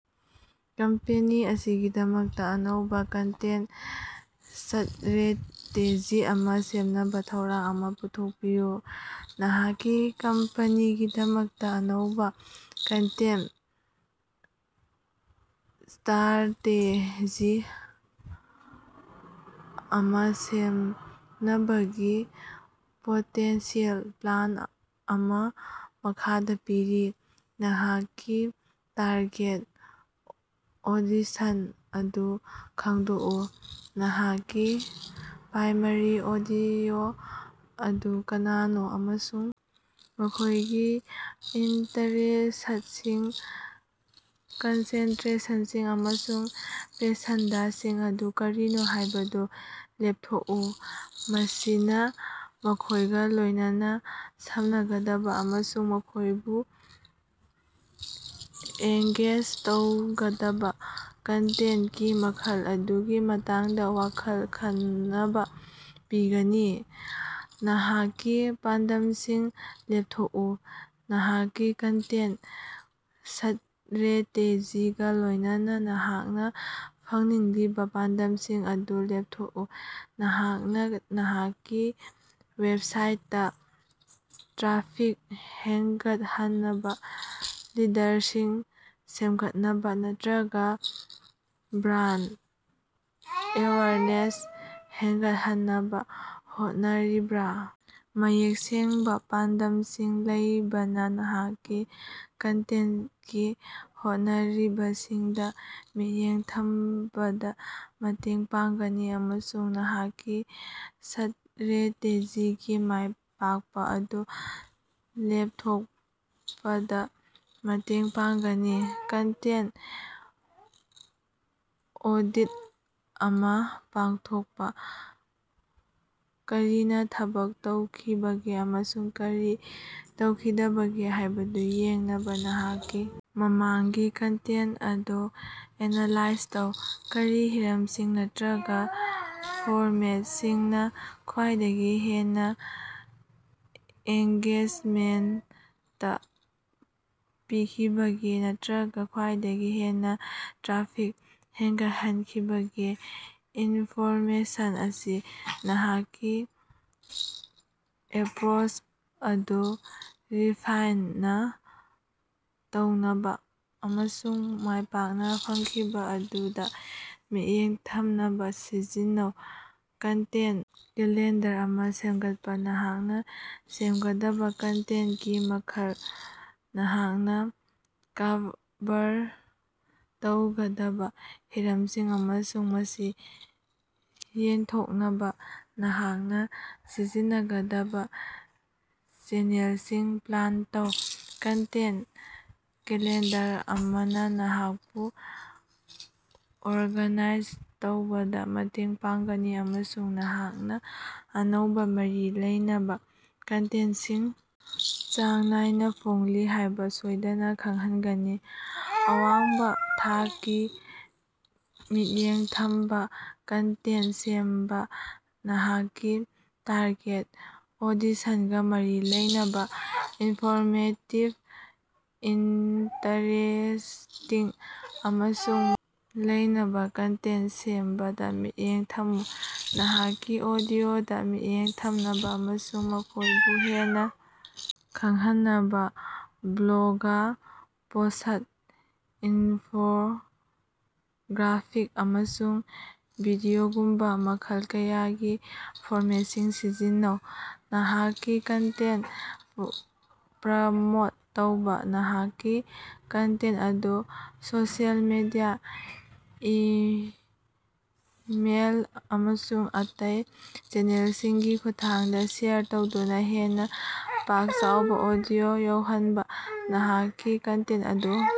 Company ꯑꯁꯤꯒꯤꯗꯃꯛꯇ ꯑꯅꯧꯕ content strategy ꯑꯃ ꯁꯦꯝꯅꯕ ꯊꯧꯔꯥꯡ ꯑꯃ ꯄꯨꯊꯣꯛꯄꯤꯌꯨ꯫ ꯅꯍꯥꯛꯀꯤ ꯀꯝꯄꯅꯤꯒꯤꯗꯃꯛꯇ ꯑꯅꯧꯕ ꯀꯟꯇꯦꯟꯇ ꯁ꯭ꯇꯔꯥꯇꯦꯖꯤ ꯑꯃ ꯁꯦꯝꯅꯕꯒꯤ ꯄꯣꯇꯦꯟꯁꯤꯑꯦꯜ ꯄ꯭ꯂꯥꯟ ꯑꯃ ꯃꯈꯥꯗ ꯄꯤꯔꯤ꯫ ꯅꯍꯥꯛꯀꯤ ꯇꯥꯔꯒꯦꯠ ꯑꯣꯗꯤꯁꯟ ꯑꯗꯨ ꯈꯪꯗꯣꯛꯎ ꯅꯍꯥꯛꯀꯤ ꯄ꯭ꯔꯥꯏꯃꯥꯔꯤ ꯑꯣꯗꯤꯑꯣ ꯑꯗꯨ ꯀꯅꯥꯅꯣ ꯑꯃꯁꯨꯡ ꯃꯈꯣꯏꯒꯤ ꯏꯟꯇꯔꯦꯁ꯭ꯇꯁꯤꯡ, ꯀꯟꯁꯦꯟꯇꯔꯦꯁꯟꯁꯤꯡ ꯑꯃꯁꯨꯡ ꯄꯦꯁꯟꯗꯁꯤꯡ ꯑꯗꯨ ꯀꯔꯤꯅꯣ ꯍꯥꯏꯕꯗꯨ ꯂꯦꯞꯊꯣꯛꯎ꯫ ꯃꯁꯤꯅ ꯃꯈꯣꯏꯒ ꯂꯣꯏꯅꯅ ꯁꯝꯅꯒꯗꯕ ꯑꯃꯁꯨꯡ ꯃꯈꯣꯏꯕꯨ ꯑꯦꯡꯒꯦꯖ ꯇꯧꯒꯗꯕ ꯀꯟꯇꯦꯟꯇꯀꯤ ꯃꯈꯜ ꯑꯗꯨꯒꯤ ꯃꯇꯥꯡꯗꯥ ꯋꯥꯈꯜ ꯈꯅꯕ ꯄꯤꯒꯅꯤ꯫ ꯅꯍꯥꯛꯀꯤ ꯄꯥꯟꯗꯝꯁꯤꯡ ꯂꯦꯞꯊꯣꯛꯎ: ꯅꯍꯥꯛꯀꯤ ꯀꯟꯇꯦꯟꯇ ꯁ꯭ꯇꯔꯦꯇꯦꯖꯤꯒ ꯂꯣꯏꯅꯅ ꯅꯍꯥꯛꯅ ꯐꯪꯅꯤꯡꯂꯤꯕ ꯄꯥꯟꯗꯝꯁꯤꯡ ꯑꯗꯨ ꯂꯦꯞꯊꯣꯛꯎ꯫ ꯅꯍꯥꯛꯅ ꯅꯍꯥꯛꯀꯤ ꯋꯦꯕꯁꯥꯏꯠꯇꯥ ꯇ꯭ꯔꯥꯐꯤꯛ ꯍꯦꯟꯒꯠꯍꯟꯅꯕ, ꯂꯤꯗꯔꯁꯤꯡ ꯁꯦꯝꯒꯠꯅꯕ ꯅꯠꯇꯔꯒꯥ ꯕ꯭ꯔꯥꯟꯗ ꯑꯦꯋꯥꯔꯅꯦꯁ ꯍꯦꯟꯒꯠꯍꯟꯅꯕ ꯍꯣꯠꯅꯔꯤꯕ꯭ꯔꯥ? ꯃꯌꯦꯛ ꯁꯦꯡꯕ ꯄꯥꯟꯗꯝꯁꯤꯡ ꯂꯩꯕꯅ ꯅꯍꯥꯛꯀꯤ ꯀꯟꯇꯦꯟꯇꯀꯤ ꯍꯣꯠꯅꯔꯤꯕꯁꯤꯡꯗ ꯃꯤꯠꯌꯦꯡ ꯊꯝꯕꯗ ꯃꯇꯦꯡ ꯄꯥꯡꯒꯅꯤ ꯑꯃꯁꯨꯡ ꯅꯍꯥꯛꯀꯤ ꯁ꯭ꯇꯔꯦꯇꯦꯖꯤꯒꯤ ꯃꯥꯏ ꯄꯥꯛꯄ ꯑꯗꯨ ꯂꯦꯞꯊꯣꯛꯄꯗ ꯃꯇꯦꯡ ꯄꯥꯡꯒꯅꯤ꯫ ꯀꯟꯇꯦꯟꯇ ꯑꯣꯗꯤꯠ ꯑꯃ ꯄꯥꯡꯊꯣꯛꯄ꯫ ꯀꯔꯤꯅ ꯊꯕꯛ ꯇꯧꯈꯤꯕꯒꯦ ꯑꯃꯁꯨꯡ ꯀꯔꯤ ꯇꯧꯈꯤꯗꯕꯒꯦ ꯍꯥꯏꯕꯗꯨ ꯌꯦꯡꯅꯕ ꯅꯍꯥꯛꯀꯤ ꯃꯃꯥꯡꯒꯤ ꯀꯟꯇꯦꯟꯇ ꯑꯗꯨ ꯑꯦꯅꯥꯂꯥꯏꯖ ꯇꯧ꯫ ꯀꯔꯤ ꯍꯤꯔꯝꯁꯤꯡ ꯅꯠꯇꯔꯒꯥ ꯐꯣꯔꯃꯦꯇꯁꯤꯡꯅ ꯈ꯭ꯋꯥꯏꯗꯒꯤ ꯍꯦꯟꯅ ꯑꯦꯡꯒꯦꯖꯃꯦꯟꯇ ꯄꯤꯈꯤꯕꯒꯦ ꯅꯠꯇꯔꯒꯥ ꯈ꯭ꯋꯥꯏꯗꯒꯤ ꯍꯦꯟꯅ ꯇ꯭ꯔꯥꯐꯤꯛ ꯍꯦꯟꯒꯠꯍꯟꯈꯤꯕꯒꯦ ꯏꯟꯐꯣꯔꯃꯦꯁꯟ ꯑꯁꯤ ꯅꯍꯥꯛꯀꯤ ꯑꯦꯄꯔꯣꯆ ꯑꯗꯨ ꯔꯤꯐꯥꯏꯟꯅ ꯇꯧꯅꯕ ꯑꯃꯁꯨꯡ ꯃꯥꯏꯄꯥꯛꯅ ꯐꯪꯈꯤꯕ ꯑꯗꯨꯗ ꯃꯤꯠꯌꯦꯡ ꯊꯝꯅꯕ ꯁꯤꯖꯤꯟꯅꯧ꯫ ꯀꯟꯇꯦꯟꯇ ꯀꯦꯂꯦꯟꯗꯔ ꯑꯃ ꯁꯦꯝꯒꯠꯄ ꯅꯍꯥꯛꯅ ꯁꯦꯝꯒꯗꯕ ꯀꯟꯇꯦꯟꯇꯀꯤ ꯃꯈꯜ, ꯅꯍꯥꯛꯅ ꯀꯚꯔ ꯇꯧꯒꯗꯕ ꯍꯤꯔꯝꯁꯤꯡ ꯑꯃꯁꯨꯡ ꯃꯁꯤ ꯌꯦꯟꯊꯣꯛꯅꯕ ꯅꯍꯥꯛꯅ ꯁꯤꯖꯤꯟꯅꯒꯗꯕ ꯆꯦꯅꯦꯜꯁꯤꯡ ꯄ꯭ꯂꯥꯟ ꯇꯧ꯫ ꯀꯟꯇꯦꯟꯇ ꯀꯦꯂꯦꯟꯗꯔ ꯑꯃꯅ ꯅꯍꯥꯛꯄꯨ ꯑꯣꯔꯒꯥꯅꯥꯏꯖ ꯇꯧꯕꯗ ꯃꯇꯦꯡ ꯄꯥꯡꯒꯅꯤ ꯑꯃꯁꯨꯡ ꯅꯍꯥꯛꯅ ꯑꯅꯧꯕ, ꯃꯔꯤ ꯂꯩꯅꯕ ꯀꯟꯇꯦꯟꯇꯁꯤꯡ ꯆꯥꯡ ꯅꯥꯏꯅ ꯐꯣꯡꯂꯤ ꯍꯥꯏꯕ ꯁꯣꯏꯗꯅ ꯈꯪꯍꯟꯒꯅꯤ꯫ ꯑꯋꯥꯡꯕ ꯊꯥꯛꯀꯤ, ꯃꯤꯠꯌꯦꯡ ꯊꯝꯕ ꯀꯟꯇꯦꯟꯇ ꯁꯦꯝꯕ ꯅꯍꯥꯛꯀꯤ ꯇꯥꯔꯒꯦꯠ ꯑꯣꯗꯤꯁꯟꯒ ꯃꯔꯤ ꯂꯩꯅꯕ ꯏꯟꯐꯣꯔꯃꯦꯇꯤꯚ, ꯏꯟꯇꯔꯦꯁ꯭ꯇꯤꯡ ꯑꯃꯁꯨꯡ ꯃꯔꯤ ꯂꯩꯅꯕ ꯀꯟꯇꯦꯟꯇ ꯁꯦꯝꯕꯗ ꯃꯤꯠꯌꯦꯡ ꯊꯝꯃꯨ꯫ ꯅꯍꯥꯛꯀꯤ ꯑꯣꯗꯤꯑꯣꯗ ꯃꯤꯠꯌꯦꯡ ꯊꯝꯅꯕ ꯑꯃꯁꯨꯡ ꯃꯈꯣꯏꯕꯨ ꯍꯦꯟꯅ ꯈꯪꯍꯟꯅꯕ ꯕ꯭ꯂꯣꯒ ꯄꯣꯁ꯭ꯠ, ꯏꯟꯐꯣꯒ꯭ꯔꯥꯐꯤꯛ, ꯑꯃꯁꯨꯡ ꯚꯤꯗꯤꯑꯣꯒꯨꯝꯕ ꯃꯈꯜ ꯀꯌꯥꯒꯤ ꯐꯣꯔꯃꯦꯠꯁꯤꯡ ꯁꯤꯖꯤꯟꯅꯧ꯫ ꯅꯍꯥꯛꯀꯤ ꯀꯟꯇꯦꯟꯇ ꯄ꯭ꯔꯃꯣꯠ ꯇꯧꯕ ꯅꯍꯥꯛꯀꯤ ꯀꯟꯇꯦꯟꯇ ꯑꯗꯨ ꯁꯣꯁꯤꯑꯦꯜ ꯃꯤꯗꯤꯌ, ꯏꯃꯦꯏꯜ, ꯑꯃꯁꯨꯡ ꯑꯇꯩ ꯆꯦꯅꯦꯜꯁꯤꯡꯒꯤ ꯈꯨꯠꯊꯥꯡꯗ ꯁꯦꯌꯔ ꯇꯧꯗꯨꯅ ꯍꯦꯟꯅ ꯄꯥꯛ-ꯆꯥꯎꯕ ꯑꯣꯗꯤꯑꯣꯗ ꯌꯧꯍꯟꯕ꯫ ꯅꯍꯥꯛꯀꯤ ꯀꯟꯇꯦꯟꯇ ꯑꯗꯨ